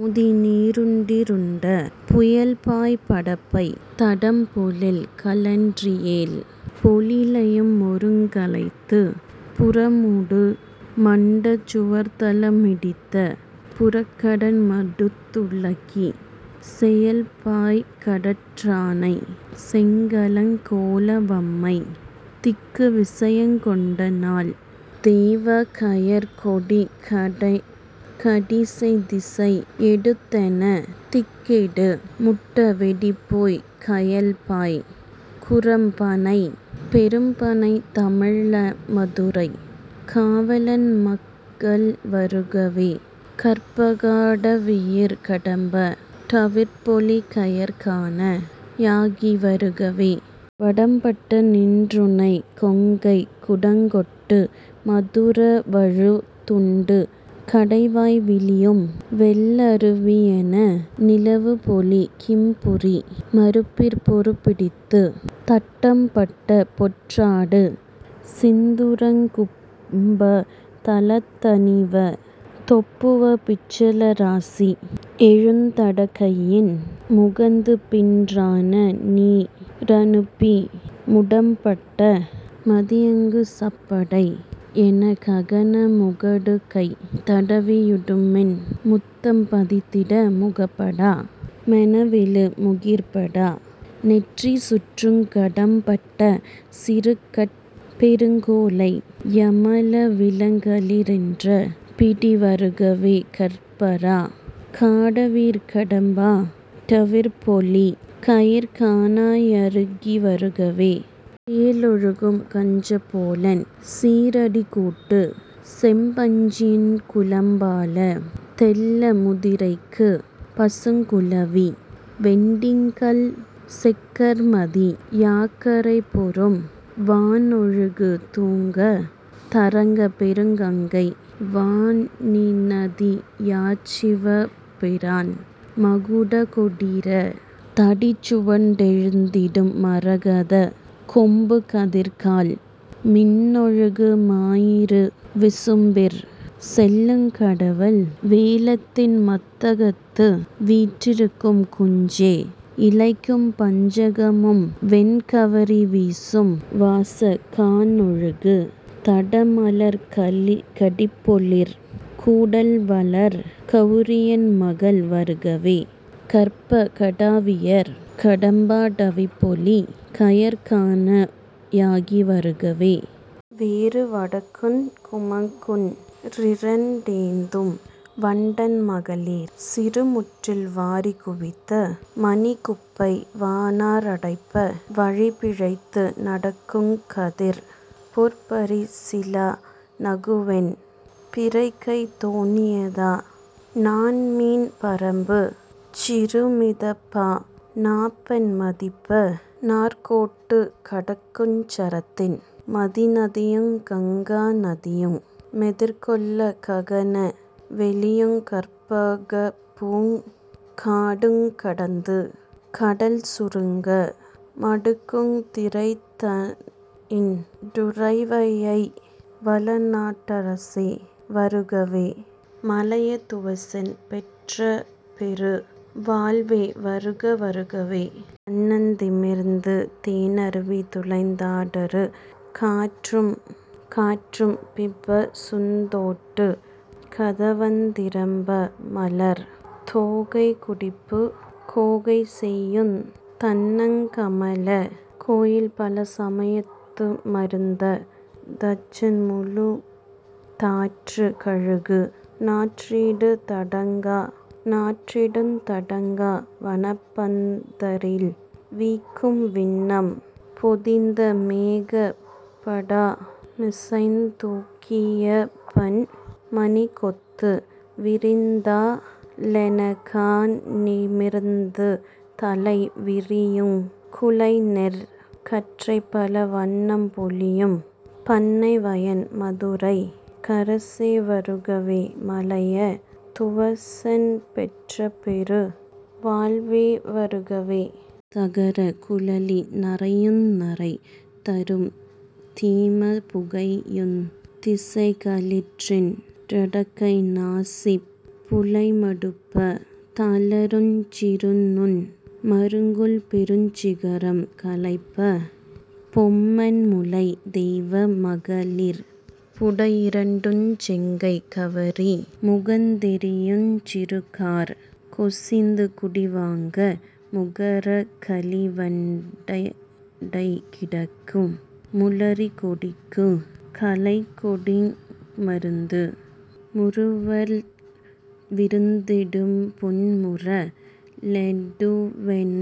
மோதிநீ ருண்டிருண்ட புயல்பாய் படப்பைத் தடம்பொழில்க ளன்றியேழ் பொழிலையு மொருங்கலைத்துப் புறமூடு மண்டச் சுவர்த்தலமிடித்தப் புறக்கடன் மடுத்துழக்கிச் செயல்பாய் கடற்றானை செங்களங் கொளவம்மை திக்குவிச யங்கொண்டநாள் தெய்வக் கயற்கொடிக டிசைதிசை யெடுத்தெனத் திக்கெட்டு முட்டவெடிபோய்க் கயல்பாய் குரம்பணை பெரும்பணைத் தமிழ்மதுரை காவலன் மகள்வருகவே கற்பகா டவியிற் கடம்பா டவிப்பொலி கயற்கணா யகிவருகவே. வடம்பட்ட நின்றுணைக் கொங்கைக் குடங்கொட்டு மதுரவமு துண்டு கடைவாய் வழியும்வெள் ளருவியென நிலவுபொழி கிம்புரி மருப்பிற் பொருபிடித்துத் தடம்பட்ட பொற்றாது சிந்துரங் கும்பத் தலத்தணிவ தொப்பவப்பிச் சலராசி யேழுந் தடக்கையின் முகந்துபின் றானநீ ரானிரப்பி முடம்பட்ட மதியங் குசப்படை யெனக்ககன முகடுகை தடவியுடுமீன் முத்தம் பதித்திட்ட முகபடா மெனவெழு முகிற்படா நெற்றிசுற்றுங் கடம்பட்ட சிறுகட் பெருங்கொலைய மழவிளங் களிறீன்ற பிடிவருகவே கற்பகா டவியிற் கடம்பா டவிப்பொலி கயற்கணா யகிவருகவே. தேனொழுகு கஞ்சப் பொலன்சீ றடிக்கூட்டு செம்பஞ்சி யின்குழம்பால் தெள்ளமு திறைக்கும் பசுங்குழவி வெண்டிங்கள் செக்கர்மதி யாக்கரைபொரும் வானொழுகு துங்கத் தரங்கப் பெருங்கங்கை வாணிநதி யாச்சிவபிரான் மகுடகோ டீரத் தடிச்சுவ டழுத்தியிடு மரகதக் கொம்புகதிர்கால் மீனொழுகு மாயிரு விசும்பிற் செலுங்கடவுள் வேழத்தின் மத்தகத்து வீற்றிருக் குஞ்சே யிழைக்கும் பசுங்கமுகு வெண்கவரி வீசும் வாசக் கானொழுகு தடமலர்க் கடிபொழிற் கூடல்வளர் கவுரியன் மகள்வருகவே கற்பகா டவியிற் கடம்பா டவிப்பொலி கயற்கணா யகிவருகவே. வேறு வடக்குங் குமக்குன் றிரண்டேந்தும் வண்டன் மகளிர் சிறுமுற்றில் வாரிக் குவித்த மணிக்குப்பை வானா றடைப்ப வழிபிழைத்து நடக்குங் கதிர்பொற் பரிசிலா நகுவெண் பிறைகைத் தோணியதா நாண்மீன் பரப்புச் சிறுமிதப்பா நாப்பண் மிதப்ப நாற்கோட்டுக் கடக்குஞ் சரத்தின் மதிநதியுங் கங்கா நதியு மெதிர்கொள்ளக் ககன வெளியுங் கற்பகப்பூங் காடுங் கடந்து கடல்சுருங்க மடுக்குந் திரைத்தண் டுறைவையை வளநாட் டரசே வருகவே மலையத் துவசன் பெற்றபெரு வாழ்வே வருக வருகவே. கண்ணந் திமிர்ந்து தேனருவி துளைந்தா டறுகாற் றும்பிபசுந் தோட்டுக் கதவந்திறப்ப மலர்த் தோகை குடிபுக் கோகைசெயுந் தண்ணங் கமலக் கோயில்பல சமைத்த மருதத் தச்சன்முழு தாற்றுக் கமுகு நாற்றியிடுந் தடங்கா வணப்பந் தரில்வீக்கும் விண்ணம் பொதிந்த மேகபடா மிசைத்தூக் கியம்பன் மணிக்கொத்து விரிந்தா லெனக்கா னிமிர்ந்துதலை விரியுங் குலைநெற் கற்றைபல வண்ணம் பொலியும் பண்ணைவயன் மதுரைக் கரசே வருகவே மலையத் துவசன் பெற்றபெரு வாழ்வே வருக வருகவே. தகரக் குழலி னறையுநறை தருதீம் புகையுந் திசைக்களிற்றின் றடக்கை நாசிப் புழைமடுப்பத் தளருஞ் சிறுநுண் மருங்குல்பெருஞ் சிகரக் களபப் பொம்மன்முலைத் தெய்வ மகளிர் புடையிரட்டுஞ் செங்கைக் கவரி முகந்தெறியுஞ் சிறுகாற் கொசிந்து குடிவாங்க முகரக் களிவண் டடைகிடக்கு முளரிக் கொடிக்குங் கலைக்கொடிக்கு முருந்து முறுவல் விருந்திடுபுன் மூர னெடுவெண்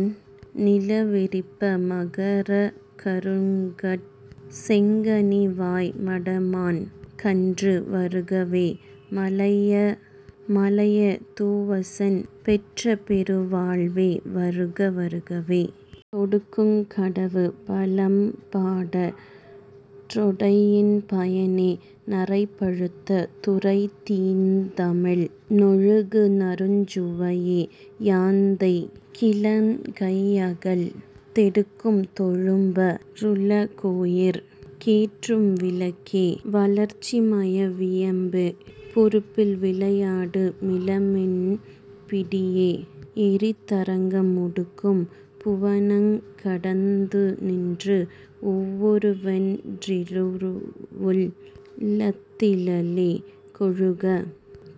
ணிலவெறிப்ப மகரக் கருங்கட் செங்கனிவாய் மடமான் கன்று வருகவே மலையத் துவசன் பெற்றபெரு வாழ்வே வருக வருகவே. தொடுக்குங் கடவுட் பழம்பாடற் றொடையின் பயனே நறைபழுத்த துறைத்தீந் தமிழி னொழுகுநறுஞ் சுவையே யகந்தைக் கிழங்கையகழ்ந் தெடுக்கும் தொழும்ப ருளக்கோயிற் கேற்றும் விளக்கே வளர்சிமய விமயப் பொருப்பில் விளையாடு மிளமென் பிடியே யெறிதரங்கம் உடுக்கும் புவனங் கடந்துநின்ற வொருவன் றிருவுள் ளத்திலழ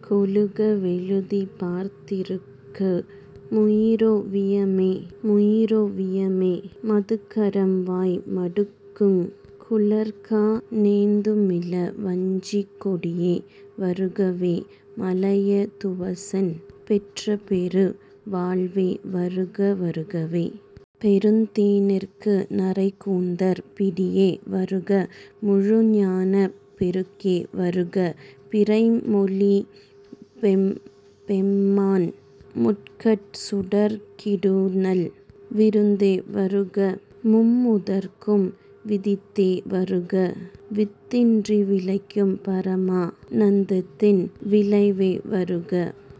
கொழுக வெழுதிப் பார்த்திருக்கு முயிறோ வியமே மதுகரம்வாய் மடுக்குங் குழற்கா டேந்துமிள வஞ்சிக்கொடியே வருகவே மலையத் துவசன் பெற்றபெரு வாழ்வே வருக வருகவே. பெருந்தே னிறைக்கு நறைக்கூந்தற் பிடியே வருக முழுஞானப் பெருக்கே வருக பிறைமௌலிப் பெம்மான் முக்கட் சுடர்க்கிடுநல் விருந்தே வருக மும்முதற்கும் வித்தே வருக வித்தின்றி விளைக்கும் பரமா னந்தத்தின் விளைவே வருக